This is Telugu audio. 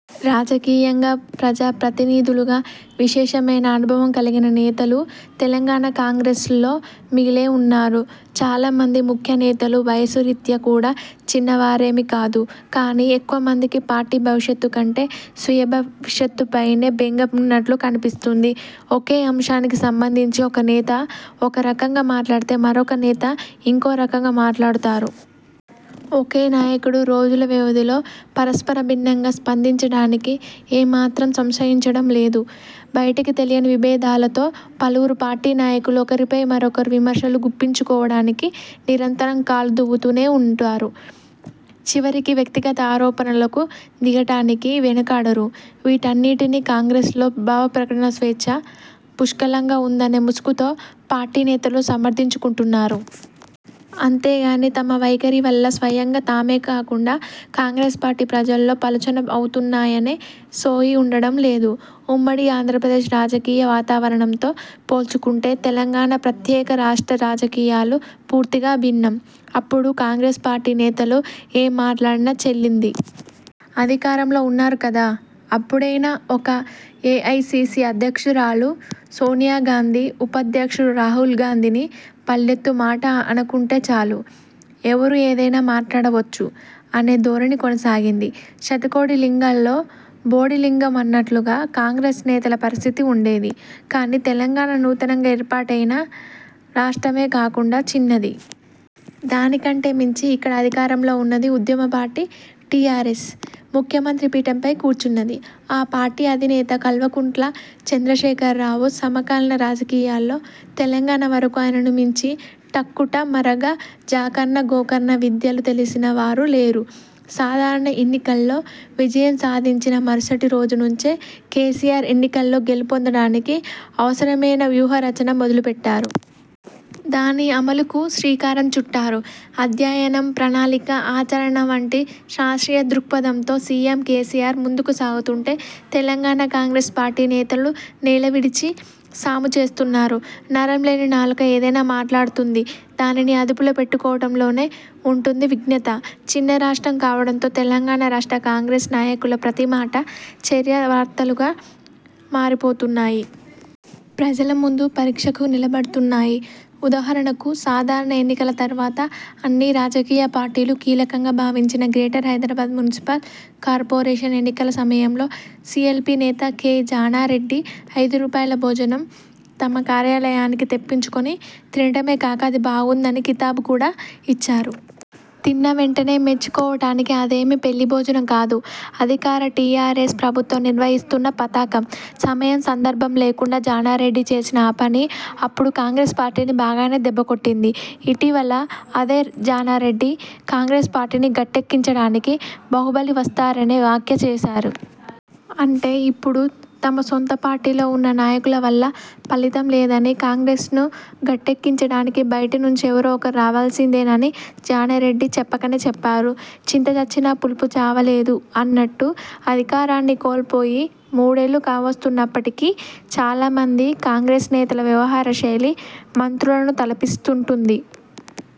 రాజకీయంగా, ప్రజాప్రతినిధులుగా విశేషమైన అనుభవం కలిగిన నేతలు తెలంగాణ కాంగ్రెస్లో మిగిలే ఉన్నారు. చాలామంది ముఖ్య నేతలు వయసు రీత్యా కూడా చిన్నవారేమీ కాదు. కానీ ఎక్కువ మందికి పార్టీ భవిష్యత్తు కంటే, స్వీయ భవిష్యత్తుపైనే బెంగ ఉన్నట్లు కనిపిస్తోంది. ఒకే అంశానికి సంబంధించి ఒక నేత ఒకరకంగా మాట్లాడితే, మరొక నేత ఇంకో రకంగా మాట్లాడతారు. ఒకే నాయకుడు రోజుల వ్యవధిలో పరస్పర భిన్నంగా స్పందించటానికి ఏ మాత్రం సంశయించటం లేదు. బయటికి తెలియని విభేదాలతో పలువురు పార్టీ నాయకులు ఒకరిపై మరొకరు విమర్శలు గుప్పించుకోవటానికి నిరంతరం కాలు దువ్వుతూనే ఉంటారు. చివరికి వ్యక్తిగత ఆరోపణలకు దిగటానికీ వెనుకాడరు. వీటిన్నింటినీ కాంగ్రెస్లో 'భావ ప్రకటన స్వేచ్ఛ' పుష్కలంగా ఉందనే ముసుగుతో పార్టీ నేతలు సమర్థించుకుంటున్నారు. అంతేకానీ తమ వైఖరి వల్ల స్వయంగా తామే కాకుండా, కాంగ్రెస్ పార్టీ ప్రజల్లో పలుచన అవుతున్నాయనే సోయి ఉండటం లేదు. ఉమ్మడి ఆంధ్రప్రదేశ్ రాజకీయ వాతావరణంతో పోల్చుకుంటే, తెలంగాణ ప్రత్యేక రాష్ట్ర రాజకీయాలు పూర్తిగా భిన్నం. అప్పుడు కాంగ్రెస్ పార్టీ నేతలు ఏం మాట్లాడినా చెల్లింది. అధికారంలో ఉన్నారు కదా! అప్పుడైనా ఒక్క ఏఐసీసీ అధ్యక్షురాలు సోనియాగాంధీ, ఉపాధ్యక్షుడు రాహుల్గాంధీని పల్లెత్తు మాట అనకుంటే చాలు, ఎవరు ఏదైనా మాట్లాడవచ్చు అనే ధోరణి కొనసాగింది. 'శతకోటి లింగాల్లో బోడి లింగం' అన్నట్లుగా కాంగ్రెస్ నేతల పరిస్థితి ఉండేది. కానీ తెలంగాణ నూతనంగా ఏర్పాటైన రాష్ట్రమే కాకుండా చిన్నది. దానికంటే మించి ఇక్కడ అధికారంలో ఉన్నది ఉద్యమ పార్టీ టీఆర్ఎస్. ముఖ్యమంత్రి పీఠంపై కూర్చున్నది ఆ పార్టీ అధినేత కల్వకుంట్ల చంద్రశేఖర్రావు. సమకాలీన రాజకీయాల్లో తెలంగాణ వరకు ఆయనను మించి టక్కుటమారగజకర్ణగోకర్ణ విద్యలు తెలిసిన వారు లేరు. సాధారణ ఎన్నికల్లో విజయం సాధించిన మరుసటి రోజు నుంచే కేసీఆర్, ఎన్నికల్లో గెలుపొందటానికి అవసరమైన వ్యూహరచన మొదలుపెట్టారు. దాని అమలుకూ శ్రీకారం చుట్టారు. అధ్యయనం, ప్రణాళిక, ఆచరణ వంటి శాస్ర్తీయ దృక్పథంతో సీఎం కేసీఆర్ ముందుకు సాగుతుంటే, తెలంగాణ కాంగ్రెస్ పార్టీ నేతలు నేల విడిచి సాము చేస్తున్నారు. నరంలేని నాలుక ఏదైనా మాట్లాడుతుంది. దానిని అదుపులో పెట్టుకోవటంలోనే ఉంటుంది విజ్ఞత. చిన్న రాష్ట్రం కావటంతో తెలంగాణ రాష్ట్ర కాంగ్రెస్ నాయకుల ప్రతి మాట, చర్య వార్తలుగా మారిపోతున్నాయి. ప్రజల ముందు పరీక్షకు నిలబడుతున్నాయి. ఉదాహరణకు సాధారణ ఎన్నికల తర్వాత అన్ని రాజకీయ పార్టీలు కీలకంగా భావించిన గ్రేటర్ హైదరాబాద్ మున్సిపల్ కార్పొరేషన్ ఎన్నికల సమయంలో సీఎల్పీ నేత కె. జానారెడ్డి 'ఐదు రూపాయల భోజనం' తమ కార్యాలయానికి తెప్పించుకొని తినటమేకాక, అది బాగుందని కితాబు కూడా ఇచ్చారు. తిన్న వెంటనే మెచ్చుకోవటానికి అదేమీ పెళ్లి భోజనం కాదు. అధికార టీఆర్ఎస్ ప్రభుత్వం నిర్వహిస్తున్న పథకం. సమయం, సందర్భం లేకుండా జానారెడ్డి చేసిన ఆ పని అప్పుడు కాంగ్రెస్ పార్టీని బాగానే దెబ్బకొట్టింది. ఇటీవల అదే జానారెడ్డి కాంగ్రెస్ పార్టీని గట్టెక్కించటానికి బాహుబలి వస్తారనే వ్యాఖ్య చేశారు. అంటే ఇప్పుడు తమ సొంత పార్టీలో ఉన్న నాయకుల వల్ల ఫలితం లేదని, కాంగ్రెస్ను గట్టెక్కించటానికి బయటి నుంచి ఎవరో ఒకరు రావాల్సిందేనని జానారెడ్డి చెప్ప కనే చెప్పారు. 'చింత చచ్చినా పులుపు చావలేదు' అన్నట్టు అధికారాన్ని కోల్పోయి మూడేళ్లు కావస్తున్నప్పటికీ, చాలా మంది కాంగ్రెస్ నేతల వ్యవహారశైలి మంత్రులను తలపిస్తుంటుంది.